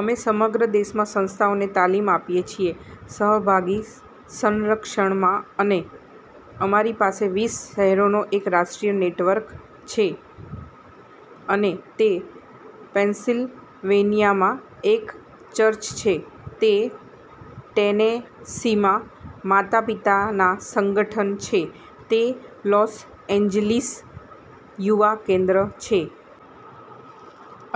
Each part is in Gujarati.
અમે સમગ્ર દેશમાં સંસ્થાઓને તાલીમ આપીએ છીએ સહભાગી સંરક્ષણમાં. અને અમારી પાસે વીસ શહેરોનો એક રાષ્ટ્રીય નેટવર્ક છે. અને તે પેન્સિલવેનિયામાં એક ચર્ચ છે. તે ટેનેસીમાં માતા-પિતાના સંગઠન છે. તે લોસ એન્જલિસ યુવા કેન્દ્ર છે.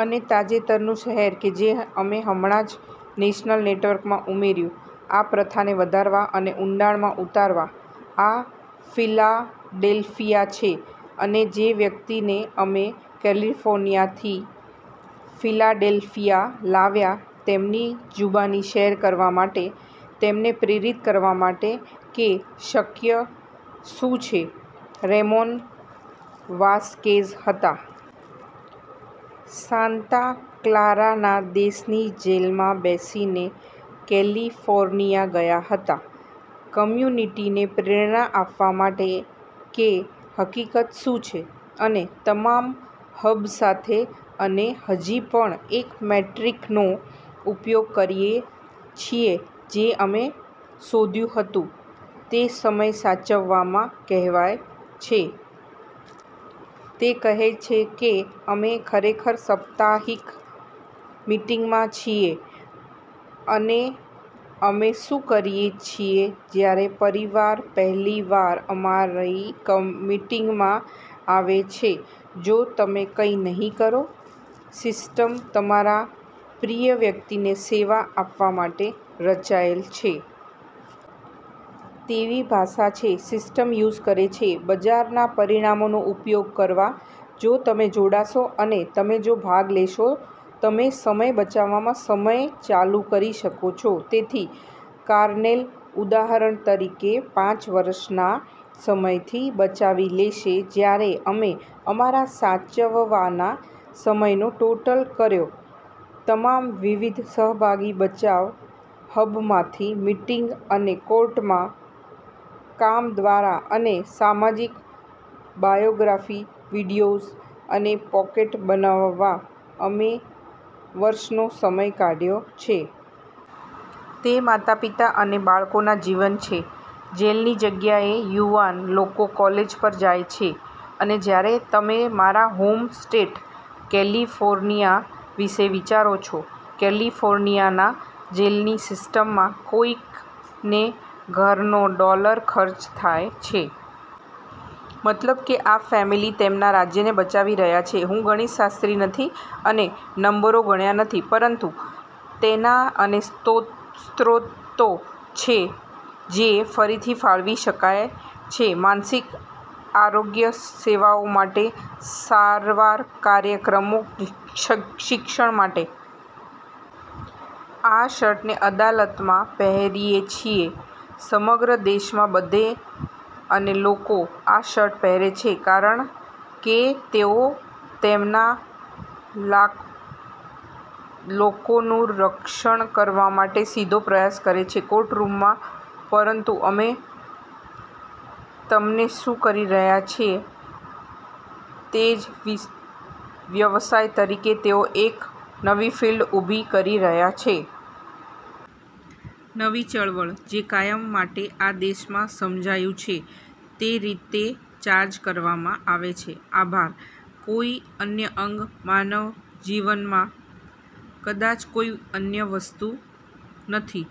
અને તાજેતરનું શહેર કે જે અમે હમણાં જ નેશનલ નેટવર્કમાં ઉમેર્યું આ પ્રથાને વધારવા અને ઊંડાણમાં ઉતારવા આ ફિલાડેલ્ફિયા છે. અને જે વ્યક્તિને અમે કેલિફોર્નિયાથી ફિલાડેલ્ફિયા લાવ્યા તેમની જુબાની શેર કરવા માટે, તેમને પ્રેરિત કરવા માટે કે શક્ય શું છે, રેમોન વાસકેઝ હતા. સાંતા ક્લારાના દેશની જેલમાં બેસીને કેલિફોર્નિયા ગયા હતા કમ્યુનિટીને પ્રેરણા આપવા માટે કે હકિકત શું છે. અને તમામ હબ સાથે અને હજી પણ એક મેટ્રિકનો ઉપયોગ કરીએ છીએ જે અમે શોધ્યું હતું. તે સમય સાચવવામાં કહેવાય છે. તે કહે છે કે અમે ખરેખર સપ્તાહિક મીટીંગમાં છીએ. અને અમે શું કહીએ છીએ જ્યારે પરિવાર પહેલીવાર અમારી મીટીંગમાં આવે છે. જો તમે કઈ નહિ કરો. સિસ્ટમ તમારા પ્રિય વ્યક્તિને સેવા આપવા માટે રચાયેલ છે. તેવી ભાષા છે, સિસ્ટમ યુઝ કરે છે, બજારના પરિણામનો ઉપયોગ કરવા. જો તમે જોડાશો અને તમે જો ભાગ લેશો, તમે સમય બચાવવામાં સમય ચાલુ કરી શકો છો. તેથી કારનેલ ઉદાહરણ તરીકે પાંચ વર્ષના સમયથી બચાવી લેશે જ્યારે અમે અમારા સાચવવાના સમયનો ટોટલ કર્યો તમામ વિવિધ સહભાગી બચાવ હબ માંથી, મીટીંગ અને કોર્ટમાં કામ દ્વારા અને સામાજિક બાયોગ્રાફી વિડિયોઝ અને પેકેટો બનાવવા, અમે વર્ષનો સમય કાઢ્યો છે. તે માતા-પિતા અને બાળકોના જીવન છે. જેલની જગ્યાએ યુવાન લોકો કોલેજ પર જાય છે અને જ્યારે તમે મારા હોમ સ્ટેટ કેલિફોર્નિયા વિશે વિચારો છો, કેલિફોર્નિયાના જેલની સિસ્ટમમાં કોઈકને ઘરનો ડોલર ખર્ચ થાય છે. મતલબ કે આ ફેમિલી તેમના રાજ્યને બચાવી રહ્યા છે. હું ગણિતશાસ્ત્રી નથી અને નંબરો ગણ્યા નથી, પરંતુ તેનાં અને સ્ત્રોતો છે જે ફરીથી ફાળવી શકાય છે માનસિક આરોગ્ય સેવાઓ માટે, સારવાર કાર્યક્રમો શિક્ષણ માટે. આ શર્ટને અદાલતમાં પહેરીએ છીએ સમગ્ર દેશમાં બધે અને લોકો આ શર્ટ પહેરે છે કારણ કે તેઓ તેમના લોકોનું રક્ષણ કરવા માટે સીધો પ્રયાસ કરે છે કોર્ટ રૂમમાં પરંતુ અમે તમને શું કહી રહ્યા છે તે વ્યવસાય તરીકે તેઓ એક નવી ફિલ્ડ ઊભી કરી રહ્યા છે. નવી ચળવળ, જે કાયમ માટે આ દેશમાં સમજાયું છે તે રીતે ચાર્જ કરવામાં આવે છે. આભાર! કોઈ અન્ય અંગ, માનવ જીવનમાં કદાચ કોઈ અન્ય વસ્તુ નથી.